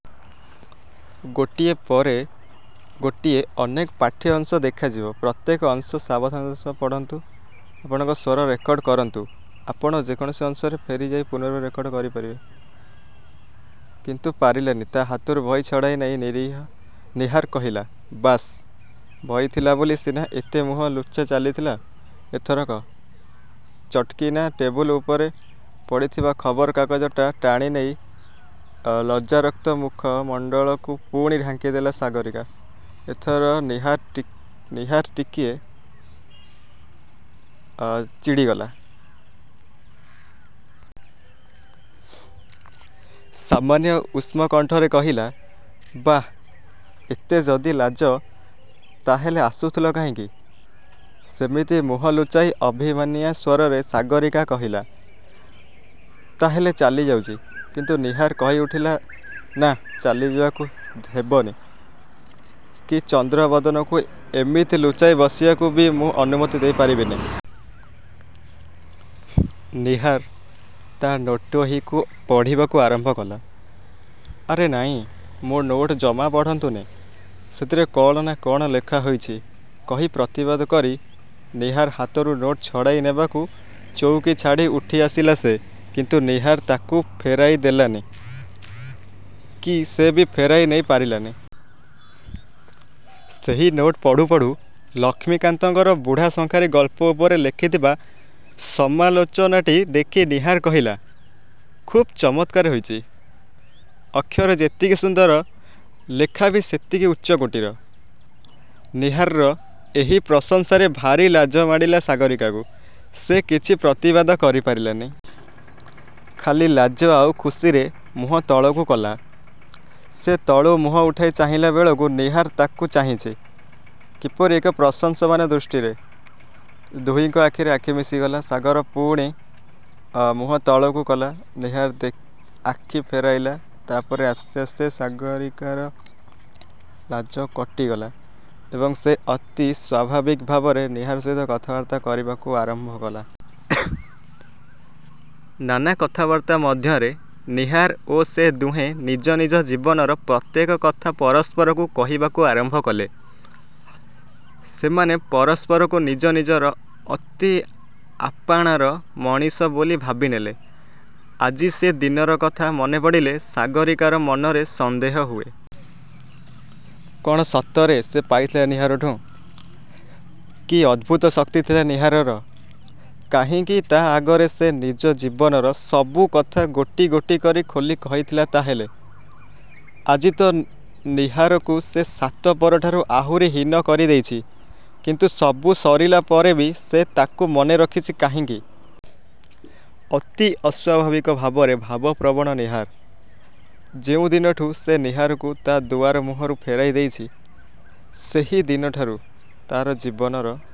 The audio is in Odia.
କିନ୍ତୁ ପାରିଲାନି। ତା' ହାତରୁ ବହି ଛଡ଼ାଇ ନେଇ ନୀହାର କହିଲା ''ବାସ୍–ବହି ଥିଲା ବୋଲି ସିନା ଏତେ ମୁହଁ ଲୁଚା ଚାଲିଥିଲା, ଏଥରକ-? '' ଚଟ୍କିନା ଟେବୁଲ୍ ଉପରେ ପଡ଼ିଥିବା ଖବରକାଗଜଟା ଟାଣିନେଇ ଳଜ୍ଜାରକ୍ତ ମୁଖ-ମଣ୍ଡଳକୁ ପୁଣି ଢାଙ୍କିଦେଲା ସାଗରୀକା। ଏଥର ନୀହାର ଟିକିଏ ଚିଡ଼ିଗଲା। ସାମାନ୍ୟ ଉଷ୍ମ କଣ୍ଠରେ କହିଲା–''ବାଃ–ଏତେ ଯଦି ଲାଜ, ତା'ହେଲେ ଆସୁଥିଲ କାହିଁକି? '' ସେମିତି ମୁହଁ ଲୁଚାଇ ଅଭିମାନିଆଁ ସ୍ୱରରେ ସାଗରୀକା କହିଲା–''ତା'ହେଲେ ଚାଲି ଯାଉଛି। '' କିନ୍ତୁ ନୀହାର କହି ଉଠିଲା–''ନା–ଚାଲିଯିବାକୁ ହେବନି। କି ଚନ୍ଦ୍ରବଦନକୁ ଏମିତି ଲୁଚାଇ ବସିବାବୁ ବି ମୁଁ ଅନୁମତି ଦେଇପାରିବିନି। ନୀହାର ତା' ନୋଟ୍ବହିକୁ ପଢ଼ିବାକୁ ଆରମ୍ଭ କଲା। ''ଆରେ ନାଇଁ–ମୋ ନୋଟ୍ ଜମା ପଢ଼ନ୍ତୁନି–ସେଥିରେ କ'ଣ ନା କ'ଣ ଲେଖା ହୋଇଛି'' କହି ପ୍ରତିବାଦ କରି, ନୀହାର ହାତରୁ ନୋଟ୍ ଛଡ଼ାଇ ନେବାକୁ ଚୌକି ଛାଡ଼ି ଉଠିଆସିଲା ସେ। କିନ୍ତୁ ନୀହାର ତାକୁ ଫେରାଇ ଦେଲାନି, କି ସେ ବି ଫେରାଇ ନେଇ ପାରିଲାନି। ସେହି ନୋଟ୍ ପଢ଼ୁ ପଢ଼ୁ; ଲକ୍ଷ୍ମୀକାନ୍ତଙ୍କର 'ବୁଢ଼ା ଶଙ୍ଖାରି' ଗଳ୍ପ ଉପରେ ଲେଖିଥିବା ସମାଲୋଚନାଟି ଦେଖି ନୀହାର କହିଲା–''ଖୁବ୍ ଚମତ୍କାର ହୋଇଛି–ଅକ୍ଷର ଯେତିକି ସୁନ୍ଦର–ଲେଖା ବି ସେତିକି ଉଚ୍ଚ କୋଟୀର। '' ନୀହାରର ଏହି ପ୍ରଶଂସାରେ ଭାରୀ ଲାଜ ମାଡ଼ିଲା ସାଗରୀକାକୁ। ସେ କିଛି ପ୍ରତିବାଦ କରିପାରିଲାନି। ଖାଲି ଲାଜ ଆଉ ଖୁସିରେ ମୁହଁ ତଳକୁ କଲା। ସେ ତଳୁ ମୁହଁ ଉଠାଇ ଚାହିଁଲା ବେଳକୁ ନୀହାର ତାକୁ ଚାହିଁଛି, କିପରି ଏକ ପ୍ରଶଂସମାନ ଦୃଷ୍ଟିରେ। ଦୁହିଁଙ୍କ ଆଖିରେ ଆଖି ମିଶିଗଲା। ସାଗର ପୁଣି ମୁହଁ ତଳକୁ କଲା–ନୀହାର ଆଖି ଫେରାଇଲା। ତା'ପରେ ଆସ୍ତେ ଆସ୍ତେ ସାଗରୀକାର ଲାଜ କଟିଗଲା ଏବଂ ସେ ଅତି ସ୍ୱାଭାବିକ ଭାବରେ ନୀହାର ସହିତ କଥାବାର୍ତ୍ତା କରିବାକୁ ଆରମ୍ଭ କଲା। ନାନା କଥାବାର୍ତ୍ତା ମଧ୍ୟରେ ନୀହାର ଓ ସେ ଦୁହେଁ ନିଜ ନିଜ ଜୀବନର ପ୍ରତ୍ୟେକ କଥା ପରସ୍ପରକୁ କହିବାକୁ ଆରମ୍ଭ କଲେ। ସେମାନେ ପରସ୍ପରକୁ ନିଜ ନିଜର ଅତି ଆପାଣାର ମଣିଷ ବୋଲି ଭାବିନେଲେ। ଆଜି ସେ ଦିନର କଥା ମନେପଡ଼ିଲେ ସାଗରୀକାର ମନରେ ସନ୍ଦେହ ହୁଏ। କ'ଣ ସତରେ ସେ ପାଇଥିଲା ନୀହାରଠୁଁ। କି ଅଦ୍ଭୁତ ଶକ୍ତି ଥିଲା ନୀହାରର। କାହିଁକି ତା' ଆଗରେ ସେ ନିଜ ଜୀବନର ସବୁ କଥା ଗୋଟି ଗୋଟି କରି ଖୋଲି କହିଥିଲା ତା'ହେଲେ? ଆଜି ତ ନୀହାରକୁ ସେ 'ସାତପର'ଠାରୁ ଆହୁରି ହୀନ କରିଦେଇଛି। କିନ୍ତୁ ସବୁ ସରିଲା ପରେ ବି ସେ ତାକୁ ମନେରଖିଛି କାହିଁକି? ଅତି ଅସ୍ୱାଭାବିକ ଭାବରେ ଭାବପ୍ରବଣ ନୀହାର। ଯେଉଁ ଦିନଠୁଁ ସେ ନୀହାରକୁ ତା' ଦୁଆର ମୁହଁରୁ ଫେରାଇ ଦେଇଛି, ସେହି ଦିନଠାରୁ ତା'ର ଜୀବନର